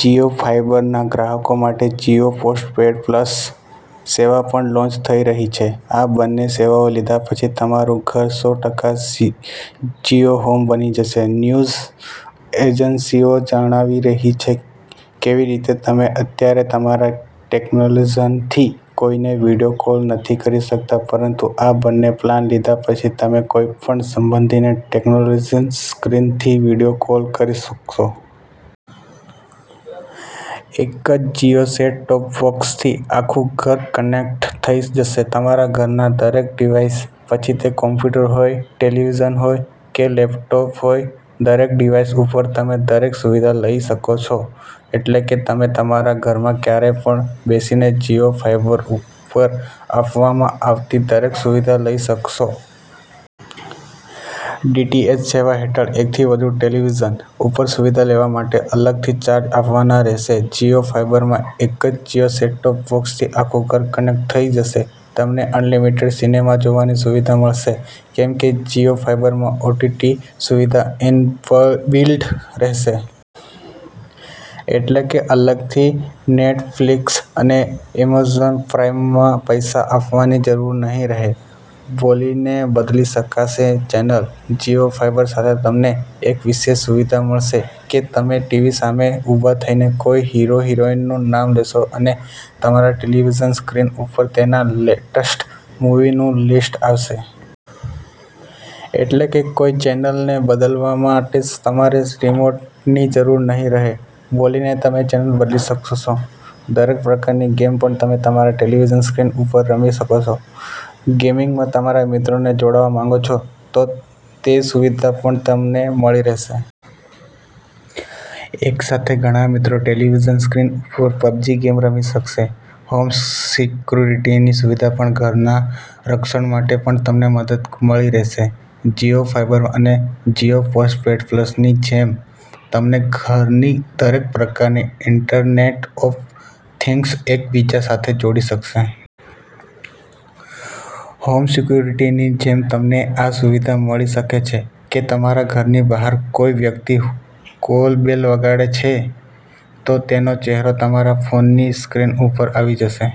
જીઓ ફાઈબરના ગ્રાહકો માટે જીઓ પોસ્ટ પેડ પ્લસ સેવા પણ લોન્ચ થઇ રહી છે. આ બંને સેવાઓ લીધા પછી તમારું ઘર સો ટકા જીઓ હોમ બની જશે. ન્યુઝ એજન્સીઓ જણાવી રહી છે, કેવી રીતે તમે અત્યારે તમારા ટેકનોલીજન થી કોઈને વિડીયો કોલ નથી કરી શકતા, પરંતુ આ બંને પ્લાન લીધા પછી તમે કોઈપણ સંબંધીને ટેકનોલીજન સ્ક્રીનથી વિડીયો કોલ કરી શકશો. એક જ જીઓ સેટ ટોપ બોક્સથી આખુ ઘર કનેક્ટ થઇ જશે. તમારા ઘરના દરેક ડીવાઈસ પછી તે કમ્પ્યુટર હોય, ટેલીવિઝન હોય કે લેપટોપ હોય, દરેક ડીવાઈસ ઉપર તમે દરેક સુવિધા લઇ શકો શો. એટલે કે તમે તમારા ઘરમાં ક્યાય પણ બેસીને જીઓ ફાઈબર ઉપર આપવામાં આવતી દરેક સુવિધા લઇ શકશો. ડીટીએચ સેવા હેઠળ એકથી વધુ ટેલીવિઝન ઉપર સુવિધા લેવા માટે અલગથી ચાર્જ આપવાના રહેશે. જીઓ ફાઈબરમાં એક જ જીઓ સેટ ટોપ બોક્સથી આખું ઘર કનેક્ટ થઇ જશે. તમને અનલીમીટેડ સિનેમા જોવાની સુવિધા મળશે, કેમ કે જીઓ ફાઈબરમાં ઓટીટી સુવિધા ઇન બીલ્ટ રહેશે. એટલે કે અલગથી નેટફ્લીક્સ અને એમેઝોન પ્રાઈમના પૈસા આપવાની જરૂર નહિ રહે. બોલીને બદલી શકાશે ચેનલ. જીઓ ફાઈબર સાથે તમને એક વિશેષ સુવિધા મળશે કે, તમે ટીવી સામે ઉભા થઈને કોઈ હીરો-હિરોઈનનું નામ લેશો અને તમારા ટેલીવિઝન સ્ક્રીન ઉપર તેના લેટેસ્ટ મુવીનું લીસ્ટ આવશે. એટલે કે કોઈ ચેનલને બદલાવવા માટે તમારે રીમોન્ટની જરૂર નહિ રહે. બોલીને તમે ચેનલ બદલી શકશો. દરેક પ્રકારની ગેમ પણ તમે તમારા ટેલીવિઝન સ્ક્રીન ઉપર રમી શકશો. ગેમિંગમાં તમારા મિત્રોને જોડવા માંગો છો, તો તે સુવિધા પણ તમને મળી રહેશે. એક સાથે ઘણા મિત્રો ટેલીવિઝન સ્ક્રીન ઉપર પબજી ગેમ રમી શકશે. હોમ સિક્યુરીટીની સુવિધા પણ ઘરના રક્ષણ માટે પણ તમને મદદ મળી રહી છે. જીઓ ફાઈબર અને જીઓ પોસ્ટ પેડ પ્લસની જેમ તમને ઘરની દરેક પ્રકારની ઈન્ટરનેટ ઓફ થિંગ્સ એક બીજા સાથે જોડી શકશો. હોમ સિક્યુરીટીની જેમ તમને આ સુવિધા મળી શકે છે કે તમારા ઘરની બહાર કોઈ વ્યક્તિ કૉલ બેલ વગાડે છે, તો તેનો ચહેરો તમારા ફોનની સ્ક્રીન ઉપર આવી જશે.